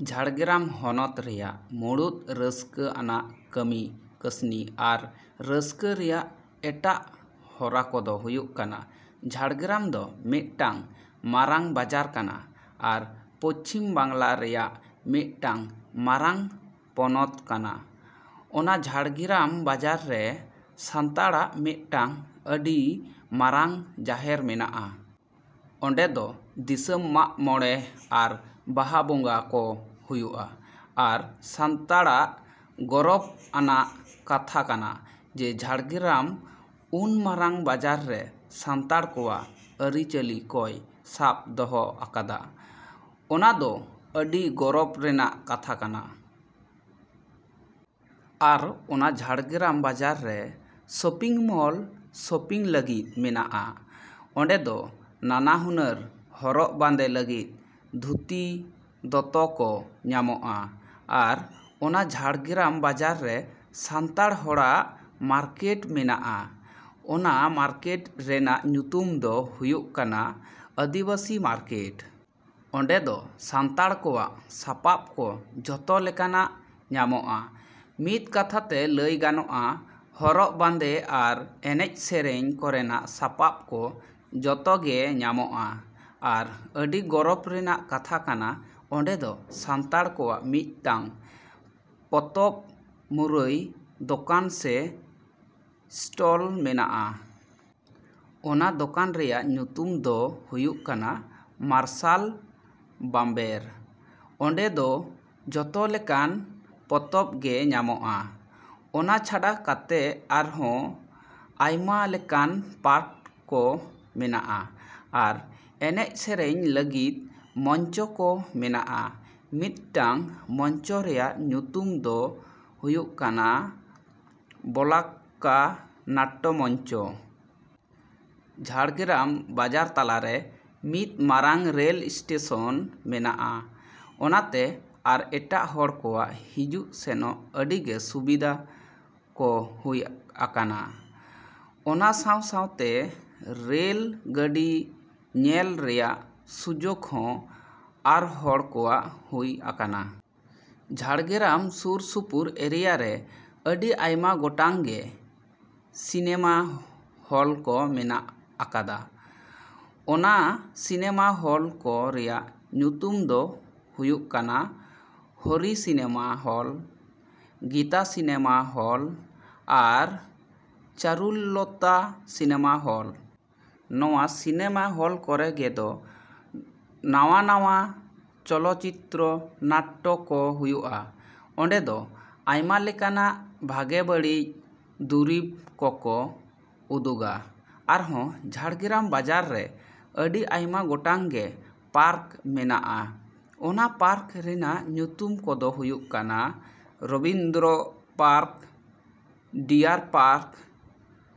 ᱡᱷᱟᱲᱜᱨᱟᱢ ᱦᱚᱱᱚᱛ ᱨᱮᱭᱟᱜ ᱢᱩᱬᱩᱛ ᱨᱟᱹᱥᱠᱟᱹ ᱟᱱᱟᱜ ᱠᱟᱹᱢᱤ ᱠᱟᱹᱥᱱᱤ ᱟᱨ ᱨᱟᱹᱥᱠᱟᱹ ᱨᱮᱭᱟᱜ ᱮᱴᱟᱜ ᱦᱚᱨᱟ ᱠᱚᱫᱚ ᱦᱩᱭᱩᱜ ᱠᱟᱱᱟ ᱡᱷᱟᱲᱜᱨᱟᱢ ᱫᱚ ᱢᱤᱫᱴᱟᱝ ᱢᱟᱨᱟᱝ ᱵᱟᱡᱟᱨ ᱠᱟᱱᱟ ᱟᱨ ᱯᱚᱪᱷᱤᱢ ᱵᱟᱝᱞᱟ ᱨᱮᱭᱟᱜ ᱢᱤᱫᱴᱟᱝ ᱢᱟᱨᱟᱝ ᱯᱚᱱᱚᱛ ᱠᱟᱱᱟ᱾ ᱚᱱᱟ ᱡᱷᱟᱲᱜᱨᱟᱢ ᱵᱟᱡᱟᱨ ᱨᱮ ᱥᱟᱱᱛᱟᱲᱟᱜ ᱢᱤᱫᱴᱟᱝ ᱟᱹᱰᱤ ᱢᱟᱨᱟᱝ ᱡᱟᱦᱮᱨ ᱢᱮᱱᱟᱜᱼᱟ᱾ ᱚᱸᱰᱮ ᱫᱚ ᱫᱤᱥᱚᱢ ᱢᱟᱜᱽ ᱢᱚᱸᱬᱮ ᱟᱨ ᱵᱟᱦᱟ ᱵᱚᱸᱜᱟ ᱠᱚ ᱦᱩᱭᱩᱜᱼᱟ᱾ ᱟᱨ ᱥᱟᱱᱛᱟᱲᱟᱜ ᱜᱚᱨᱚᱵᱽ ᱟᱱᱟᱜ ᱠᱟᱛᱷᱟ ᱠᱟᱱᱟ ᱡᱮ ᱡᱷᱟᱲᱜᱨᱟᱢ ᱩᱱ ᱢᱟᱨᱟᱝ ᱵᱟᱡᱟᱨ ᱨᱮ ᱥᱟᱱᱛᱟᱲ ᱠᱚᱣᱟᱜ ᱟᱹᱨᱤᱼᱪᱟᱹᱞᱤ ᱠᱚᱭ ᱥᱟᱵᱽ ᱫᱚᱦᱚ ᱟᱠᱟᱫᱟ᱾ ᱚᱱᱟ ᱫᱚ ᱟᱹᱰᱤ ᱜᱚᱨᱚᱵᱽ ᱨᱮᱱᱟᱜ ᱠᱟᱛᱷᱟ ᱠᱟᱱᱟ᱾ ᱟᱨ ᱚᱱᱟ ᱡᱷᱟᱲᱜᱨᱟᱢ ᱵᱟᱡᱟᱨ ᱨᱮ ᱥᱚᱯᱤᱝ ᱢᱚᱞ ᱥᱚᱯᱤᱝ ᱞᱟᱹᱜᱤᱫ ᱢᱮᱱᱟᱜᱼᱟ᱾ ᱚᱸᱰᱮ ᱫᱚ ᱱᱟᱱᱟ ᱦᱩᱱᱟᱹᱨ ᱦᱚᱨᱚᱜ ᱵᱟᱸᱫᱮ ᱞᱟᱹᱜᱤᱫ ᱫᱷᱩᱛᱤ ᱫᱚᱛᱚ ᱠᱚ ᱧᱟᱢᱚᱜᱼᱟ᱾ ᱟᱨ ᱚᱱᱟ ᱡᱷᱟᱲᱜᱨᱟᱢ ᱵᱟᱡᱟᱨ ᱨᱮ ᱥᱟᱱᱛᱟᱲ ᱦᱚᱲᱟᱜ ᱢᱟᱨᱠᱮᱴ ᱢᱮᱱᱟᱜᱼᱟ᱾ ᱚᱱᱟ ᱢᱟᱨᱠᱮᱴ ᱨᱮᱱᱟᱜ ᱧᱩᱛᱩᱢ ᱫᱚ ᱦᱩᱭᱩᱜ ᱠᱟᱱᱟ ᱟᱹᱫᱤᱵᱟᱹᱥᱤ ᱢᱟᱨᱠᱮᱴ᱾ ᱚᱸᱰᱮ ᱫᱚ ᱥᱟᱱᱛᱟᱲ ᱠᱚᱣᱟᱜ ᱥᱟᱯᱟᱯ ᱠᱚ ᱡᱷᱚᱛᱚ ᱞᱮᱠᱟᱱᱟᱜ ᱧᱟᱢᱚᱜᱼᱟ᱾ ᱢᱤᱫ ᱠᱟᱛᱷᱟᱛᱮ ᱞᱟᱹᱭ ᱜᱟᱱᱚᱜᱼᱟ ᱦᱚᱨᱚᱜ ᱵᱟᱸᱫᱮ ᱟᱨ ᱮᱱᱮᱡ ᱥᱮᱨᱮᱧ ᱠᱚᱨᱮᱱᱟᱜ ᱥᱟᱯᱟᱯ ᱠᱚ ᱡᱚᱛᱚᱜᱮ ᱧᱟᱢᱚᱜᱼᱟ᱾ ᱟᱨ ᱟᱹᱰᱤ ᱜᱚᱨᱚᱵᱽ ᱨᱮᱱᱟᱜ ᱠᱟᱛᱷᱟ ᱠᱟᱱᱟ ᱚᱸᱰᱮ ᱫᱚ ᱥᱟᱱᱛᱟᱲ ᱠᱚᱣᱟᱜ ᱢᱤᱫᱴᱟᱝ ᱯᱚᱛᱚᱵᱽ ᱢᱩᱨᱟᱹᱭ ᱫᱚᱠᱟᱱ ᱥᱮ ᱤᱥᱴᱚᱞ ᱢᱮᱱᱟᱜᱼᱟ᱾ ᱚᱱᱟ ᱫᱚᱠᱟᱱ ᱨᱮᱭᱟᱜ ᱧᱩᱛᱩᱢ ᱫᱚ ᱦᱩᱭᱩᱜ ᱠᱟᱱᱟ ᱢᱟᱨᱥᱟᱞ ᱵᱟᱢᱵᱮᱨ᱾ ᱚᱸᱰᱮ ᱫᱚ ᱡᱷᱚᱛᱚ ᱞᱮᱠᱟᱱ ᱯᱚᱛᱚᱵᱽ ᱜᱮ ᱧᱟᱢᱚᱜᱼᱟ᱾ ᱚᱱᱟ ᱪᱷᱟᱰᱟ ᱠᱟᱛᱮ ᱟᱨᱦᱚᱸ ᱟᱭᱢᱟ ᱞᱮᱠᱟᱱ ᱯᱟᱨᱴ ᱠᱚ ᱢᱮᱱᱟᱜᱼᱟ ᱟᱨ ᱮᱱᱮᱡ ᱥᱮᱨᱮᱧ ᱞᱟᱹᱜᱤᱫ ᱢᱚᱧᱪᱚ ᱠᱚ ᱢᱮᱱᱟᱜᱼᱟ᱾ ᱢᱤᱫᱴᱟᱝ ᱢᱚᱧᱪᱚ ᱨᱮᱭᱟᱜ ᱧᱩᱛᱩᱢ ᱫᱚ ᱦᱩᱭᱩᱜ ᱠᱟᱱᱟ ᱵᱚᱞᱟᱠᱟ ᱱᱟᱴᱴᱚ ᱢᱚᱧᱪᱚ᱾ ᱡᱷᱟᱲᱜᱨᱟᱢ ᱵᱟᱡᱟᱨ ᱛᱟᱞᱟᱨᱮ ᱢᱤᱫ ᱢᱟᱨᱟᱝ ᱨᱮᱞ ᱤᱥᱴᱮᱥᱚᱱ ᱢᱮᱱᱟᱜᱼᱟ᱾ ᱚᱱᱟᱛᱮ ᱟᱨ ᱮᱴᱟᱜ ᱦᱚᱲ ᱠᱚᱣᱟᱜ ᱦᱤᱡᱩᱜ ᱥᱮᱱᱚᱜ ᱟᱹᱰᱤᱜᱮ ᱥᱩᱵᱤᱫᱟ ᱠᱚ ᱦᱩᱭ ᱟᱠᱟᱱᱟ᱾ ᱚᱱᱟ ᱥᱟᱶ ᱥᱟᱶᱛᱮ ᱨᱮᱞ ᱜᱟᱹᱰᱤ ᱧᱮᱞ ᱨᱮᱭᱟᱜ ᱥᱩᱡᱳᱜᱽ ᱦᱚᱸ ᱟᱨ ᱦᱚᱲ ᱠᱚᱣᱟᱜ ᱦᱩᱭ ᱟᱠᱟᱱᱟ᱾ ᱡᱷᱟᱲᱜᱨᱟᱢ ᱥᱩᱨ ᱥᱩᱯᱩᱨ ᱮᱨᱤᱭᱟ ᱨᱮ ᱟᱹᱰᱤ ᱟᱭᱢᱟ ᱜᱚᱴᱟᱝ ᱜᱮ ᱥᱤᱱᱮᱢᱟ ᱦᱚᱞ ᱠᱚ ᱢᱮᱱᱟᱜ ᱟᱠᱟᱫᱼᱟ᱾ ᱚᱱᱟ ᱥᱤᱱᱮᱢᱟ ᱦᱚᱞ ᱠᱚ ᱨᱮᱭᱟᱜ ᱧᱩᱛᱩᱢ ᱫᱚ ᱦᱩᱭᱩᱜ ᱠᱟᱱᱟ Hari cinema hall, Gita cinema hall ᱟᱨ ᱪᱟᱹᱨᱩᱞᱚᱛᱟ ᱥᱤᱱᱮᱢᱟ ᱦᱚᱞ᱾ ᱱᱚᱣᱟ ᱥᱤᱱᱮᱢᱟ ᱦᱚᱞ ᱠᱚᱨᱮᱜ ᱫᱚ ᱱᱟᱣᱟ ᱱᱟᱣᱟ ᱪᱚᱞᱚ ᱪᱤᱛᱨᱚ ᱱᱟᱴᱴᱚ ᱠᱚ ᱦᱩᱭᱩᱜᱼᱟ᱾ ᱚᱸᱰᱮ ᱫᱚ ᱟᱭᱢᱟ ᱞᱮᱠᱟᱱᱟᱜ ᱵᱷᱟᱜᱮ ᱵᱟᱹᱲᱤᱡ ᱫᱩᱨᱤᱵᱽ ᱠᱚᱠᱚ ᱩᱫᱩᱜᱟ᱾ ᱟᱨᱦᱚᱸ ᱡᱷᱟᱲᱜᱨᱟᱢ ᱵᱟᱡᱟᱨ ᱨᱮ ᱟᱹᱰᱤ ᱟᱭᱢᱟ ᱜᱚᱴᱟᱝ ᱜᱮ ᱯᱟᱨᱠ ᱢᱮᱱᱟᱜᱼᱟ᱾ ᱚᱱᱟ ᱯᱟᱨᱠ ᱨᱮᱱᱟᱜ ᱧᱩᱛᱩᱢ ᱠᱚᱫᱚ ᱦᱩᱭᱩᱜ ᱠᱟᱱᱟ ᱨᱚᱵᱤᱱᱫᱨᱚ ᱯᱟᱨᱠ, ᱰᱤᱭᱟᱨ ᱯᱟᱨᱠ,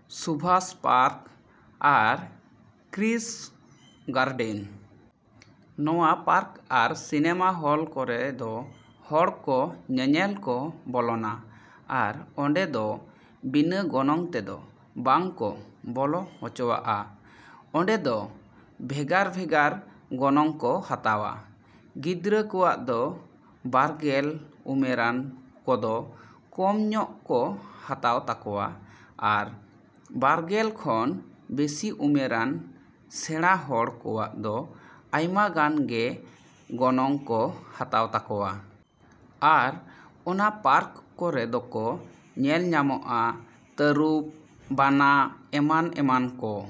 ᱥᱩᱵᱷᱟᱥ ᱯᱟᱨᱠ ᱟᱨ ᱠᱨᱤᱥ ᱜᱟᱨᱰᱮᱱ᱾ ᱱᱚᱣᱟ ᱯᱟᱨᱠ ᱟᱨ ᱥᱤᱱᱮᱢᱟ ᱦᱚᱞ ᱠᱚᱨᱮ ᱫᱚ ᱦᱚᱲ ᱠᱚ ᱧᱮᱧᱮᱞ ᱠᱚ ᱵᱚᱞᱚᱱᱟ ᱟᱨ ᱚᱸᱰᱮ ᱫᱚ ᱵᱤᱱᱟᱹ ᱜᱚᱱᱚᱝ ᱛᱮᱫᱚ ᱵᱟᱝ ᱠᱚ ᱵᱚᱞᱚ ᱦᱚᱪᱚᱣᱟᱜᱼᱟ᱾ ᱚᱸᱰᱮ ᱫᱚ ᱵᱷᱮᱜᱟᱨ ᱵᱷᱮᱜᱟᱨ ᱜᱚᱱᱚᱝ ᱠᱚ ᱦᱟᱛᱟᱣᱟ᱾ ᱜᱤᱫᱽᱨᱟᱹ ᱠᱚᱣᱟᱜ ᱫᱚ ᱵᱟᱨᱜᱮᱞ ᱩᱢᱮᱨᱟᱱ ᱠᱚᱫᱚ ᱠᱚᱢ ᱧᱚᱜ ᱠᱚ ᱦᱟᱛᱟᱣ ᱛᱟᱠᱚᱣᱟ ᱟᱨ ᱵᱟᱨᱜᱮᱞ ᱠᱷᱚᱱ ᱵᱮᱥᱤ ᱩᱢᱮᱨᱟᱱ ᱥᱮᱲᱟ ᱦᱚᱲ ᱠᱚᱣᱟᱜ ᱫᱚ ᱟᱭᱢᱟ ᱜᱟᱱ ᱜᱮ ᱜᱚᱱᱚᱝ ᱠᱚ ᱦᱟᱛᱟᱣ ᱛᱟᱠᱚᱣᱟ᱾ ᱟᱨ ᱚᱱᱟ ᱯᱟᱨᱠ ᱠᱚᱨᱮ ᱫᱚᱠᱚ ᱧᱮᱞ ᱧᱟᱢᱚᱜᱼᱟ ᱛᱟᱹᱨᱩᱵᱽ, ᱵᱟᱱᱟ, ᱮᱢᱟᱱ ᱮᱢᱟᱱ ᱠᱚ᱾